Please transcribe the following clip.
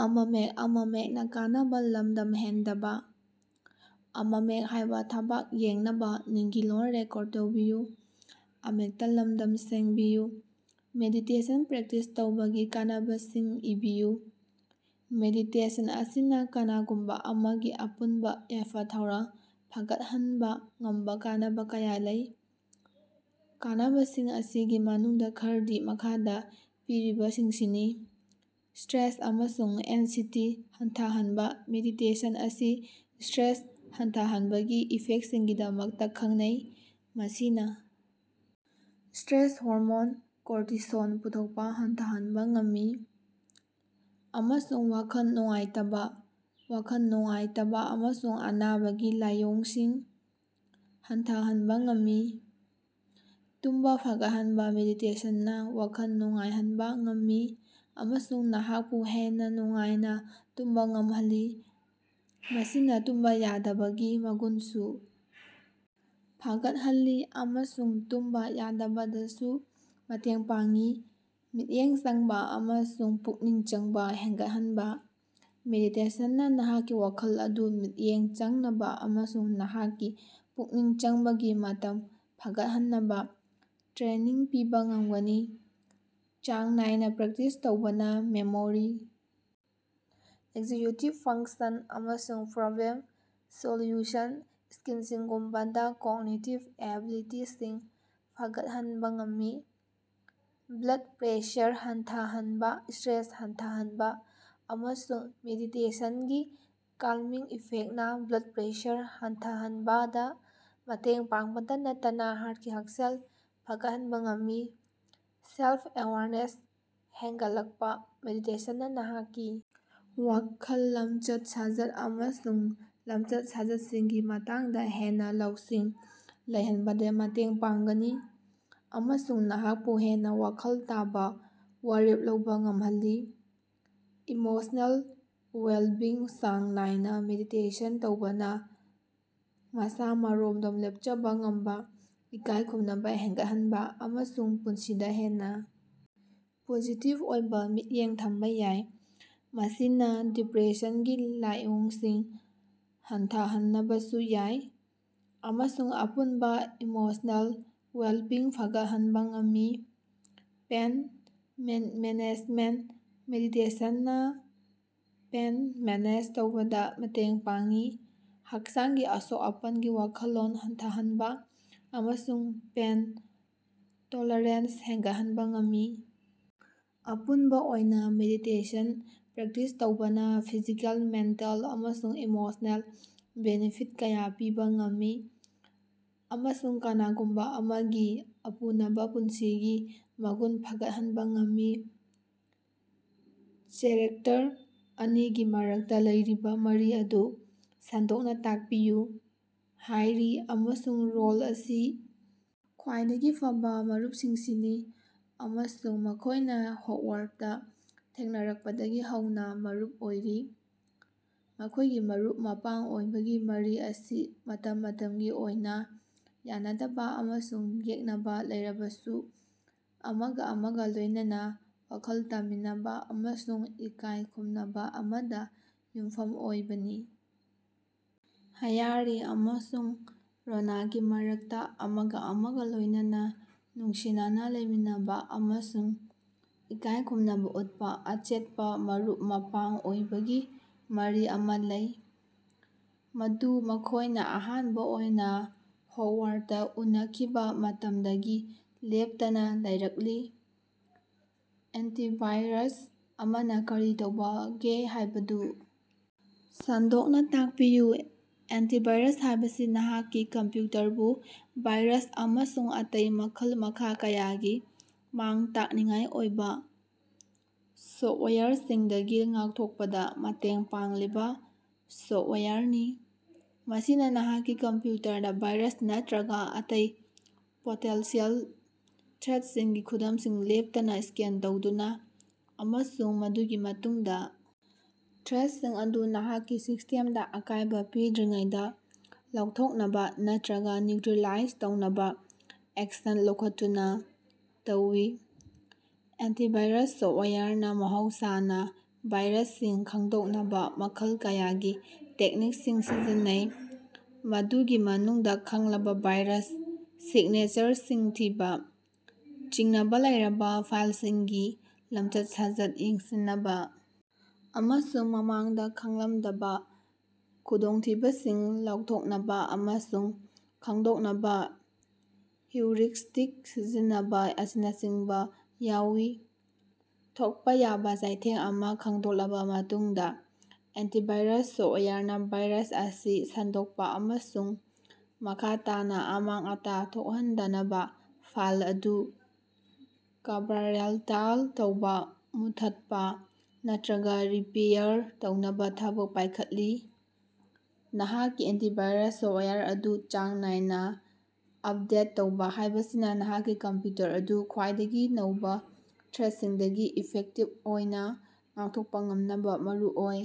Meditation practice ꯇꯧꯕꯒꯤ ꯀꯥꯟꯅꯕꯁꯤꯡ ꯏꯕꯤꯌꯨ꯫ ꯃꯦꯗꯤꯇꯦꯁꯟ ꯑꯁꯤꯅꯥ ꯀꯅꯥꯒꯨꯝꯕ ꯑꯃꯒꯤ ꯑꯄꯨꯟꯕ ꯌꯥꯏꯐ-ꯊꯧꯔꯥꯡ ꯐꯒꯠꯍꯟꯕꯥ ꯉꯝꯕ ꯀꯥꯟꯅꯕ ꯀꯌꯥ ꯂꯩ꯫ ꯀꯥꯟꯅꯕꯁꯤꯡ ꯑꯁꯤꯒꯤ ꯃꯅꯨꯡꯗꯥ ꯈꯔꯗꯤ ꯃꯈꯥꯗ ꯄꯤꯔꯤꯕꯁꯤꯡꯁꯤꯅꯤ: ꯁ꯭ꯇꯔꯦꯁ ꯑꯃꯁꯨꯡ ꯑꯦꯟꯁꯤꯇꯤ ꯍꯟꯊꯍꯟꯕꯥ: ꯃꯦꯗꯤꯇꯦꯁꯟ ꯑꯁꯤ ꯁ꯭ꯇꯔꯦꯁ ꯍꯟꯊꯍꯟꯕꯒꯤ ꯏꯐꯦꯛꯇꯁꯤꯡꯒꯤꯗꯃꯛꯇꯥ ꯈꯪꯅꯩ꯫ ꯃꯁꯤꯅ ꯁ꯭ꯇꯔꯦꯁ ꯍꯣꯔꯃꯣꯟ ꯀꯣꯔꯇꯤꯁꯣꯜ ꯄꯨꯊꯣꯛꯄꯥ ꯍꯟꯊꯍꯟꯕ ꯉꯝꯃꯤ, ꯑꯃꯁꯨꯡ ꯋꯥꯈꯜ ꯅꯨꯡꯉꯥꯏꯇꯕꯥ, ꯋꯥꯈꯜ ꯅꯨꯡꯉꯥꯏꯇꯕꯥ ꯑꯃꯁꯨꯡ ꯑꯅꯥꯕꯒꯤ ꯂꯥꯏꯑꯣꯡꯁꯤꯡ ꯍꯟꯊꯍꯟꯕ ꯉꯝꯃꯤ꯫ ꯇꯨꯝꯕꯥ ꯐꯒꯠꯍꯟꯕ: ꯃꯦꯗꯤꯇꯦꯁꯟꯅꯥ ꯋꯥꯈꯜ ꯅꯨꯡꯉꯥꯏꯍꯟꯕ ꯉꯝꯃꯤ ꯑꯃꯁꯨꯡ ꯅꯍꯥꯛꯄꯨ ꯍꯦꯟꯅꯥ ꯅꯨꯡꯉꯥꯏꯅꯥ ꯇꯨꯝꯕꯥ ꯉꯝꯍꯜꯂꯤ꯫ ꯃꯁꯤꯅꯥ ꯇꯨꯝꯕꯥ ꯌꯥꯗꯕꯒꯤ ꯃꯒꯨꯟꯁꯨ ꯐꯒꯠꯍꯜꯂꯤ ꯑꯃꯁꯨꯡ ꯇꯨꯝꯕꯥ ꯌꯥꯗꯕꯗꯁꯨ ꯃꯇꯦꯡ ꯄꯥꯡꯏ꯫ ꯃꯤꯠꯌꯦꯡ ꯆꯪꯕꯥ ꯑꯃꯁꯨꯡ ꯄꯨꯛꯅꯤꯡ ꯆꯪꯕꯥ ꯍꯦꯟꯒꯠꯍꯟꯕ: ꯃꯦꯗꯤꯇꯦꯁꯟꯅꯥ ꯅꯍꯥꯛꯀꯤ ꯋꯥꯈꯜ ꯑꯗꯨ ꯃꯤꯠꯌꯦꯡ ꯆꯪꯅꯕꯥ ꯑꯃꯁꯨꯡ ꯅꯍꯥꯛꯀꯤ ꯄꯨꯛꯅꯤꯡ ꯆꯪꯕꯒꯤ ꯃꯇꯝ ꯐꯒꯠꯍꯟꯅꯕꯥ ꯇ꯭ꯔꯦꯅꯤꯡ ꯄꯤꯕꯥ ꯉꯝꯒꯅꯤ꯫ ꯆꯥꯡ ꯅꯥꯏꯅꯥ ꯄ꯭ꯔꯦꯛꯇꯤꯁ ꯇꯧꯕꯅꯥ ꯃꯦꯃꯣꯔꯤ, ꯑꯦꯀꯖꯤꯛꯌꯨꯇꯤꯚ ꯐꯪꯛꯁꯟ, ꯑꯃꯁꯨꯡ ꯄ꯭ꯔꯣꯕ꯭ꯂꯦꯝ ꯁꯣꯜꯌꯨꯁꯟ ꯁ꯭ꯀꯤꯜꯁꯤꯡꯒꯨꯝꯕꯥ ꯀꯣꯒꯅꯤꯇꯤꯚ ꯑꯦꯕꯤꯂꯤꯇꯤꯁꯤꯡ ꯐꯒꯠꯍꯟꯕ ꯉꯝꯃꯤ꯫ ꯕ꯭ꯂꯗ ꯄ꯭ꯔꯦꯁꯔ ꯍꯟꯊꯍꯅꯕꯥ: ꯁ꯭ꯇꯔꯦꯁ ꯍꯟꯊꯍꯟꯕ ꯑꯃꯁꯨꯡ ꯃꯦꯗꯤꯇꯦꯁꯟꯒꯤ ꯀꯜꯃꯤꯡ ꯏꯐꯦꯛꯇꯅꯥ ꯕ꯭ꯂꯗ ꯄ꯭ꯔꯦꯁꯔ ꯍꯟꯊꯍꯟꯕꯗꯥ ꯃꯇꯦꯡ ꯄꯥꯡꯕꯇꯥ ꯅꯠꯇꯅꯥ ꯍꯥꯔꯇꯀꯤ ꯍꯛꯁꯦꯜ ꯐꯒꯠꯍꯟꯕ ꯉꯝꯃꯤ꯫ ꯁꯦꯜꯐ-ꯑꯦꯋꯥꯔꯅꯦꯁ ꯍꯦꯟꯒꯠꯂꯛꯄꯥ: ꯃꯦꯗꯤꯇꯦꯁꯟꯅꯥ ꯅꯍꯥꯛꯀꯤ ꯋꯥꯈꯜ, ꯂꯝꯆꯠ-ꯁꯥꯖꯠ ꯑꯃꯁꯨꯡ ꯂꯝꯆꯠ-ꯁꯥꯖꯠꯁꯤꯡꯒꯤ ꯃꯇꯥꯡꯗꯥ ꯍꯦꯟꯅꯥ ꯂꯧꯁꯤꯡ ꯂꯩꯍꯟꯕꯗꯥ ꯃꯇꯦꯡ ꯄꯥꯡꯒꯅꯤ, ꯑꯃꯁꯨꯡ ꯅꯍꯥꯛꯄꯨ ꯍꯦꯟꯅꯥ ꯋꯥꯈꯜ ꯇꯥꯕꯥ ꯋꯥꯔꯦꯞ ꯂꯧꯕꯥ ꯉꯝꯍꯜꯂꯤ꯫ ꯏꯃꯣꯁꯅꯦꯜ ꯋꯦꯂꯕꯤꯡ: ꯆꯥꯡ ꯅꯥꯏꯅꯥ ꯃꯦꯗꯤꯇꯦꯁꯟ ꯇꯧꯕꯅꯥ ꯃꯁꯥ-ꯃꯔꯣꯝꯗꯣꯝ ꯂꯦꯄꯆꯕꯥ ꯉꯝꯕꯥ, ꯏꯀꯥꯏ ꯈꯨꯝꯅꯕꯥ ꯍꯦꯟꯒꯠꯍꯟꯕ ꯑꯃꯁꯨꯡ ꯄꯨꯟꯁꯤꯗꯥ ꯍꯦꯟꯅꯥ ꯄꯣꯖꯤꯇꯤꯚ ꯑꯣꯏꯕꯥ ꯃꯤꯠꯌꯦꯡ ꯊꯝꯕꯥ ꯌꯥꯏ꯫ ꯃꯁꯤꯅꯥ ꯗꯤꯄꯔꯦꯁꯟꯒꯤ ꯂꯥꯏꯑꯣꯡꯁꯤꯡ ꯍꯟꯊꯍꯅꯕꯁꯨ ꯌꯥꯏ ꯑꯃꯁꯨꯡ ꯑꯄꯨꯟꯕꯥ ꯏꯃꯣꯁꯅꯦꯜ ꯋꯦꯂꯕꯤꯡ ꯐꯒꯠꯍꯟꯕ ꯉꯝꯃꯤ꯫ ꯄꯦꯟ ꯃꯦꯅꯦꯖꯃꯦꯟꯇ: ꯃꯦꯗꯤꯇꯦꯁꯟꯅꯥ ꯄꯦꯏꯟ ꯃꯦꯅꯦꯖ ꯇꯧꯕꯗꯥ ꯃꯇꯦꯡ ꯄꯥꯡꯏ, ꯍꯛꯆꯥꯡꯒꯤ ꯑꯁꯣꯛ-ꯑꯄꯟꯒꯤ ꯋꯥꯈꯜꯂꯣꯟ ꯍꯟꯊꯍꯟꯕ ꯑꯃꯁꯨꯡ ꯄꯦꯟ ꯇꯣꯂꯔꯦꯟꯁ ꯍꯦꯟꯒꯠꯍꯟꯕ ꯉꯝꯃꯤ꯫ ꯑꯄꯨꯟꯕꯥ ꯑꯣꯏꯅꯥ, ꯃꯦꯗꯤꯇꯦꯁꯟ ꯄ꯭ꯔꯦꯛꯇꯤꯁ ꯇꯧꯕꯅꯥ ꯐꯤꯖꯤꯀꯦꯜ, ꯃꯦꯟꯇꯦꯜ ꯑꯃꯁꯨꯡ ꯏꯃꯣꯁꯅꯦꯜ ꯕꯦꯅꯤꯐꯤꯠ ꯀꯌꯥ ꯄꯤꯕꯥ ꯉꯝꯃꯤ, ꯑꯃꯁꯨꯡ ꯀꯅꯥꯒꯨꯝꯕꯥ ꯑꯃꯒꯤ ꯑꯄꯨꯅꯕꯥ ꯄꯨꯟꯁꯤꯒꯤ ꯃꯒꯨꯟ ꯐꯒꯠꯍꯟꯕ ꯉꯝꯃꯤ꯫ ꯆꯦꯛꯔꯦꯇꯔ ꯑꯅꯤꯒꯤ ꯃꯔꯛꯇꯥ ꯂꯩꯔꯤꯕꯥ ꯃꯔꯤ ꯑꯗꯨ ꯁꯟꯗꯣꯛꯅꯥ ꯇꯥꯛꯄꯤꯌꯨ꯫ ꯍ꯭ꯌꯥꯔꯤ ꯑꯃꯁꯨꯡ ꯔꯣꯟ ꯑꯁꯤ ꯈ꯭ꯋꯥꯏꯗꯒꯤ ꯐꯕꯥ ꯃꯔꯨꯄꯁꯤꯡꯁꯤꯅꯤ ꯑꯃꯁꯨꯡ ꯃꯈꯣꯏꯅꯥ ꯍꯣꯒꯋꯥꯔꯗꯇꯥ ꯊꯦꯡꯅꯔꯛꯄꯗꯒꯤ ꯍꯧꯅꯥ ꯃꯔꯨꯞ ꯑꯣꯏꯔꯤ꯫ ꯃꯈꯣꯏꯒꯤ ꯃꯔꯨꯞ-ꯃꯄꯥꯡ ꯑꯣꯏꯕꯒꯤ ꯃꯔꯤ ꯑꯁꯤ ꯃꯇꯝ ꯃꯇꯝꯒꯤ ꯑꯣꯏꯅꯥ ꯌꯥꯅꯗꯕꯥ ꯑꯃꯁꯨꯡ ꯌꯦꯛꯅꯕꯥ ꯂꯩꯔꯕꯁꯨ ꯑꯃꯒꯥ ꯑꯃꯒꯥ ꯂꯣꯏꯅꯅ ꯋꯥꯈꯜ ꯇꯥꯃꯤꯟꯅꯕꯥ ꯑꯃꯁꯨꯡ ꯏꯀꯥꯏ ꯈꯨꯝꯅꯕꯥ ꯑꯃꯗꯥ ꯌꯨꯝꯐꯝ ꯑꯣꯏꯕꯅꯤ꯫ ꯍ꯭ꯌꯥꯔꯤ ꯑꯃꯁꯨꯡ ꯔꯣꯅꯒꯤ ꯃꯔꯛꯇꯥ ꯑꯃꯒꯥ ꯑꯃꯒꯥ ꯂꯣꯏꯅꯅ ꯅꯨꯡꯁꯤꯅꯅꯥ ꯂꯩꯃꯤꯟꯅꯕꯥ ꯑꯃꯁꯨꯡ ꯏꯀꯥꯏ ꯈꯨꯝꯅꯕꯥ ꯎꯠꯄꯥ ꯑꯆꯦꯠꯄꯥ ꯃꯔꯨꯞ-ꯃꯄꯥꯡ ꯑꯣꯏꯕꯒꯤ ꯃꯔꯤ ꯑꯃꯥ ꯂꯩ, ꯃꯗꯨ ꯃꯈꯣꯏꯅꯥ ꯑꯍꯥꯟꯕꯥ ꯑꯣꯏꯅꯥ ꯍꯣꯒꯋꯥꯔꯗꯇꯥ ꯎꯅꯈꯤꯕꯥ ꯃꯇꯃꯗꯒꯤ ꯂꯦꯞꯇꯅꯥ ꯂꯩꯔꯛꯂꯤ꯫ ꯑꯦꯟꯇꯤꯚꯥꯏꯔꯁ ꯑꯃꯅꯥ ꯀꯔꯤ ꯇꯧꯕꯒꯦ ꯍꯥꯏꯕꯗꯨ ꯁꯟꯗꯣꯛꯅꯥ ꯇꯥꯛꯄꯤꯌꯨ꯫ ꯑꯦꯟꯇꯤꯚꯥꯏꯔꯁ ꯍꯥꯏꯕꯁꯤ ꯅꯍꯥꯛꯀꯤ ꯀꯝꯄ꯭ꯌꯨꯇꯔꯕꯨ ꯚꯥꯏꯔꯁ ꯑꯃꯁꯨꯡ ꯑꯇꯩ ꯃꯈꯜ-ꯃꯈꯥ ꯀꯌꯥꯒꯤ ꯃꯥꯡ-ꯇꯥꯛꯅꯤꯡꯉꯥꯏ ꯑꯣꯏꯕꯥ ꯁꯣꯐꯇꯋꯥꯌꯔꯁꯤꯡꯗꯒꯤ ꯉꯥꯛꯊꯣꯛꯄꯗꯥ ꯃꯇꯦꯡ ꯄꯥꯡꯂꯤꯕꯥ ꯁꯣꯐꯇꯋꯥꯌꯔꯅꯤ꯫ ꯃꯁꯤꯅꯥ ꯅꯍꯥꯛꯀꯤ ꯀꯝꯞꯌꯨꯇꯔꯗꯥ ꯚꯥꯏꯔꯁ ꯅꯠꯇꯔꯒꯥ ꯑꯇꯩ ꯄꯣꯇꯦꯟꯁꯤꯑꯦꯜ ꯊ꯭ꯔꯦꯠꯁꯤꯡꯒꯤ ꯈꯨꯗꯃꯁꯤꯡ ꯂꯦꯞꯇꯅꯥ ꯁ꯭ꯀꯦꯟ ꯇꯧꯗꯨꯅꯥ, ꯑꯃꯁꯨꯡ ꯃꯗꯨꯒꯤ ꯃꯇꯨꯡꯗꯥ ꯊ꯭ꯔꯦꯠꯁꯤꯡ ꯑꯗꯨ ꯅꯍꯥꯛꯀꯤ ꯁꯤꯁ꯭ꯇꯦꯃꯗꯥ ꯑꯀꯥꯏꯕꯥ ꯄꯤꯗ꯭ꯔꯤꯉꯩꯗꯥ ꯂꯧꯊꯣꯛꯅꯕꯥ ꯅꯠꯇꯔꯒꯥ ꯅ꯭ꯌꯨꯇꯔꯤꯂꯥꯏꯖ ꯇꯧꯅꯕꯥ ꯑꯦꯛꯁꯟ ꯂꯧꯈꯠꯇꯨꯅꯥ ꯇꯧꯏ꯫ ꯑꯦꯟꯇꯤꯚꯥꯏꯔꯁ ꯁꯣꯐꯇꯋꯥꯌꯔꯅꯥ ꯃꯍꯧꯁꯥꯅꯥ ꯚꯥꯏꯔꯁꯁꯤꯡ ꯈꯪꯗꯣꯛꯅꯕꯥ ꯃꯈꯜ ꯀꯌꯥꯒꯤ ꯇꯦꯛꯅꯤꯛꯁꯤꯡ ꯁꯤꯖꯤꯟꯅꯩ, ꯃꯗꯨꯒꯤ ꯃꯅꯨꯡꯗꯥ ꯈꯪꯂꯕꯥ ꯚꯥꯏꯔꯁ ꯁꯤꯒꯅꯦꯆꯔꯁꯤꯡ ꯊꯤꯕꯥ, ꯆꯤꯡꯅꯕꯥ ꯂꯩꯔꯕꯥ ꯐꯥꯏꯂꯁꯤꯡꯒꯤ ꯂꯝꯆꯠ-ꯁꯥꯖꯠ ꯌꯦꯡꯁꯤꯅꯕꯥ, ꯑꯃꯁꯨꯡ ꯃꯃꯥꯡꯗꯥ ꯈꯪꯂꯃꯗꯕꯥ ꯈꯨꯗꯣꯡꯊꯤꯕꯁꯤꯡ ꯂꯥꯎꯊꯣꯛꯅꯕꯥ ꯑꯃꯁꯨꯡ ꯈꯪꯗꯣꯛꯅꯕꯥ ꯍꯤꯎꯔꯤꯁꯇꯤꯛ ꯁꯤꯖꯤꯟꯅꯕꯥ ꯑꯁꯤꯅꯆꯤꯡꯕꯥ ꯌꯥꯎꯏ꯫ ꯊꯣꯛꯄꯥ ꯌꯥꯕꯥ ꯆꯩꯊꯦꯡ ꯑꯃ ꯈꯪꯗꯣꯛꯂꯕꯥ ꯃꯇꯨꯡꯗꯥ, ꯑꯦꯟꯇꯤꯚꯥꯏꯔꯁ ꯁꯣꯐꯇꯋꯥꯌꯔꯅꯥ ꯚꯥꯏꯔꯁ ꯑꯁꯤ ꯁꯟꯗꯣꯛꯄꯥ ꯑꯃꯁꯨꯡ ꯃꯈꯥ ꯇꯥꯅꯥ ꯑꯃꯥꯡ-ꯑꯇꯥ ꯊꯣꯛꯍꯟꯗꯅꯕ ꯐꯥꯏꯜ ꯑꯗꯨ ꯀ꯭ꯕꯥꯔꯦꯟꯇꯥꯏꯟ ꯇꯧꯕꯥ, ꯃꯨꯠꯊꯠꯄꯥ ꯅꯠꯇꯔꯒꯥ ꯔꯤꯄꯦꯌꯥꯔ ꯇꯧꯅꯕꯥ ꯊꯕꯛ ꯄꯥꯏꯈꯠꯂꯤ꯫ ꯅꯍꯥꯛꯀꯤ ꯑꯦꯟꯇꯤꯚꯥꯏꯔꯁ ꯁꯣꯐꯇꯋꯥꯌꯔ ꯑꯗꯨ ꯆꯥꯡ ꯅꯥꯏꯅꯥ ꯑꯄꯗꯦꯠ ꯇꯧꯕꯥ ꯍꯥꯏꯕꯁꯤꯅꯥ ꯅꯍꯥꯛꯀꯤ ꯀꯝꯄ꯭ꯌꯨꯇꯔ ꯑꯗꯨ ꯈ꯭ꯋꯥꯏꯗꯒꯤ ꯅꯧꯕꯥ ꯊ꯭ꯔꯦꯠꯁꯤꯡꯗꯒꯤ ꯏꯐꯦꯛꯇꯤꯚ ꯑꯣꯏꯅꯥ ꯉꯥꯛꯊꯣꯛꯄꯥ ꯉꯝꯅꯕꯥ ꯃꯔꯨꯑꯣꯏ꯫।